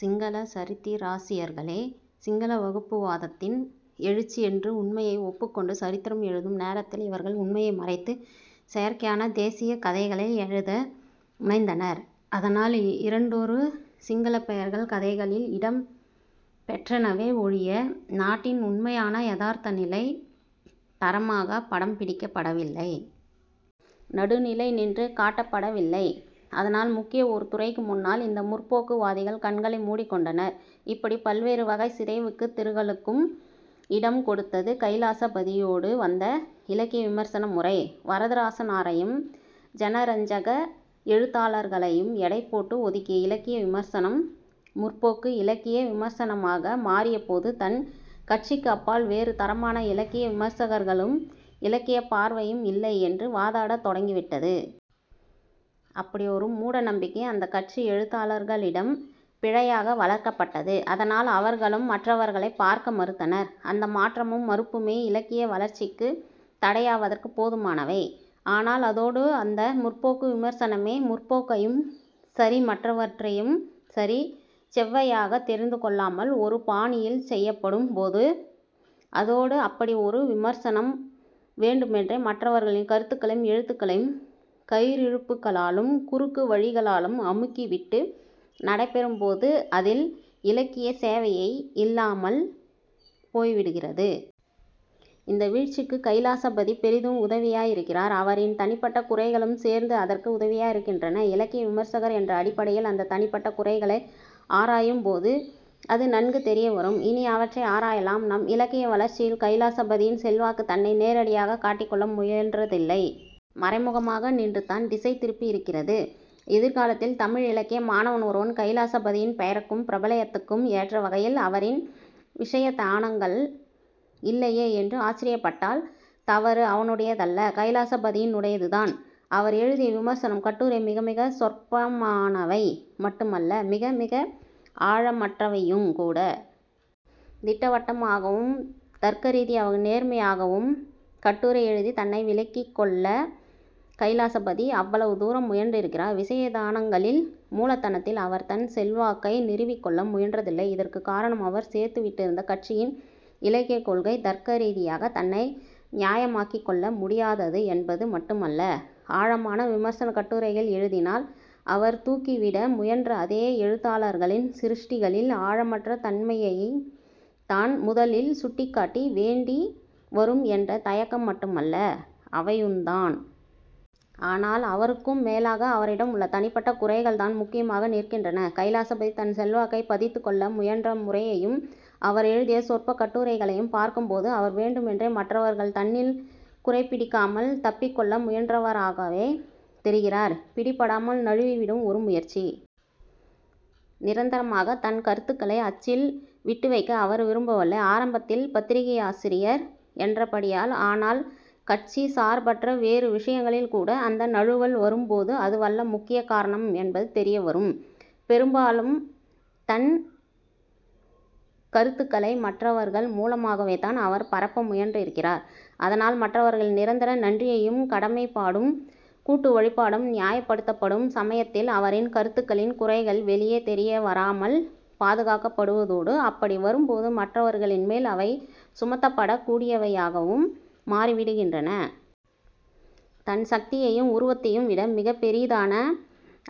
சிங்களச் சரித்திராசியர்களே 'சிங்கள வகுப்புவாதத்தின் எழுச்சி' என்று உண்மையை ஒப்புக்கொண்டு சரித்திரம் எழுதும் நேரத்தில் இவர்கள் உண்மையை மறைத்து, செயற்கையான 'தேசியக்' கதைகள் எழுத முனைந்தனர். அதனால் இரண்டொரு சிங்களப் பெயர்கள் கதைகளில் இடம் பெற்றனவே ஒழிய நாட்டின் உண்மையான யதார்த்த நிலை தரமாகப் படம் பிடிக்கப்படவில்லை. நடுநிலை நின்று காட்டப்படவில்லை. அதனால் முக்கியமான ஒரு துறைக்கு முன்னால் இந்த 'முற்போக்கு' வாதிகள் கண்களை மூடிக்கொண்டனர். இப்படிப் பல்வேறு வகை சிதைவுக்கும் திருகலுக்கும் இடம் கொடுத்தது கைலாசபதியோடு வந்த இலக்கிய விமர்சன முறை. வரதராசனாரையும் ஜனரஞ்சக எழுத்தாளர்களையும் எடைபோட்டு ஒதுக்கிய இலக்கிய விமர்சனம் 'முற்போக்கு' இலக்கிய விமர்சனமாக மாறியபோது தன் கட்சிக்கு அப்பால் வேறு தரமான இலக்கிய விமர்சகர்களும் இலக்கியப் பார்வையும் இல்லை என்று வாதாடத் தொடங்கிவிட்டது. அப்படி ஒரு மூட நம்பிக்கை அந்தக் கட்சி எழுத்தாளர்களிடம் பிழையாக வளர்க்கப்பட்டது. அதனால் அவர்களும் மற்றவர்களைப் பார்க்க மறுத்தனர். அந்த மாற்றமும் மறுப்புமே இலக்கிய வளர்ச்சிக்குத் தடையாவதற்குப் போதுமானவை. ஆனால் அதோடு அந்த 'முற்போக்கு' விமர்சனமே, 'முற்போக்கையும்'யும் சரி, மற்றவற்றையும் சரி செவ்வையாகத் தெரிந்துகொள்ளாமல் ஒரு பாணியில் செய்யப்படும்போது, அதோடு அப்படி ஒரு விமர்சனம் வேண்டுமென்றே மற்றவர்களின் கருத்துகளையும் எழுத்துகளையும் கயிறிழுப்புகளாலும் குறுக்கு வழிகளாலும் அமுக்கிவிட்டு நடைபெறும்போது அதில் இலக்கியச் சேவையே இல்லாமல் போய்விடுகிறது. இந்த வீழ்ச்சிக்குக் கைலாசபதி பெரிதும் உதவியிருக்கிறார். அவரின் தனிப்பட்ட குறைகளும் சேர்ந்து அதற்கு உதவியிருக்கின்றன. இலக்கிய விமர்சகர் என்ற அடிப்படையில் அந்தத் தனிப்பட்ட குறைகளை ஆராயும்போது அது நன்கு தெரியவரும். இனி அவற்றை ஆராயலாம். நம் இலக்கிய வளர்ச்சியில் கைலாசபதியின் செல்வாக்கு தன்னை நேரடியாகக் காட்டிக்கொள்ள முயன்றதில்லை. மறைமுகமாக நின்றுதான் திசை திருப்பியிருக்கிறது. எதிர் காலத்தில் தமிழ் இலக்கிய மாணவன் ஒருவன் கைலாசபதியின் பெயருக்கும் பிரபல்யத்துக்கும் ஏற்ற வகையில் அவரின் விசயதானங்கள் இல்லையே என்று ஆச்சரியப்பட்டால் தவறு அவனுடையதல்ல, கைலாசபதியினுடையதுதான். அவர் எழுதிய விமர்சனம், கட்டுரைகள் மிக மிகச் சொற்பமானவை மட்டுமல்ல, மிக மிக ஆழமற்றவையுங்கூட. திட்டவட்டமாகத் தர்க்கரீதியாகவும் நேர்மையாகவும் கட்டுரை எழுதித் தன்னை விளக்கிக்கொள்ள கைலாசபதி அவ்வளவு தூரம் முயன்றிருக்கிறார். விசயதானங்களின் மூலதனத்தில் அவர் தன் செல்வாக்கை நிறுவிக்கொள்ள முயன்றதில்லை. இதற்குக் காரணம் அவர் சேர்ந்துவிட்டிருந்த கட்சியின் இலக்கியக்கொள்கை தர்க்க ரீதியாகத் தன்னை நியாயமாக்கிக்கொள்ள முடியாதது என்பது மட்டுமல்ல, ஆழமான விமர்சனக் கட்டுரைகள் எழுதினால் அவர் தூக்கிவிட முயன்ற அதே எழுத்தாளர்களின் சிருஷ்டிகளில் ஆழமற்ற தன்மையைத்தான் முதலில் சுட்டிக் காட்ட வேண்டி வரும் என்ற தயக்கம் மட்டுமல்ல, அவையுந்தான். ஆனால் அவற்றுக்கும் மேலாக அவரிடம் உள்ள தனிப்பட்ட குறைகள்தான் முக்கியமாக நிற்கின்றன. கைலாசபதி தன் செல்வாக்கைப் பதித்துக் கொள்ள முயன்ற முறையையும் அவர் எழுதிய சொற்பக் கட்டுரைகளையும் பார்க்கும்போது அவர் வேண்டுமென்றே மற்றவர்கள் தன்னில் குறைபிடிக்காமல் தப்பிக்கொள்ள முயன்றவராகவே தெரிகிறார். பிடிபடாமல் நழுவிவிடும் ஒரு முயற்சி. நிரந்தரமாகத் தன் கருத்துக்களை அச்சில் விட்டுவைக்க அவர் விரும்பவில்லை, ஆரம்பத்தில் பத்திரிகாசிரியர் என்றபடியால். ஆனால் கட்சி சார்பற்ற வேறு விஷயங்களில்கூட அந்த நழுவல் வரும்போது அதுவல்ல முக்கிய காரணம் என்பது தெரியவரும். பெரும்பாலும் தன் கருத்துகளை மற்றவர்கள் மூலமாகவேதான் அவர் பரப்ப முயன்றிருக்கிறார். அதனால் மற்றவர்களின் நிரந்தர நன்றியும் கடமைப்பாடும் கூட்டு வழிபாடும் நியாயப்படுத்தப்படும் சமயத்தில் அவரின் கருத்துகளின் குறைகள் வெளியே தெரியவராமல் பாதுகாக்கப்படுவதோடு, அப்படி வரும்போது மற்றவர்களின்மேல் அவை சுமத்தப்படக் கூடியவையாகவும் மாறிவிடுகின்றன. தன் சக்தியையும் உருவத்தையும் விட மிகப் பெரிதான,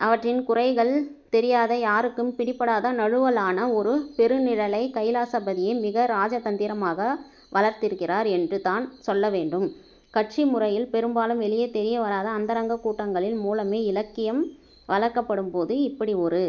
அவற்றின் குறைகள் தெரியாத, யாருக்கும் பிடிபடாத நழுவலான ஒரு பெருநிழலை கைலாசபதியே மிக ராஜதந்திரமாக வளர்த்திருக்கிறார் என்றுதான் சொல்லவேண்டும். கட்சி முறையில் பெரும்பாலும் வெளியே தெரிய வராத அந்தரங்கக் கூட்டங்களின் மூலமே இலக்கியம் வளர்க்கப்படும்போது இப்படி ஒரு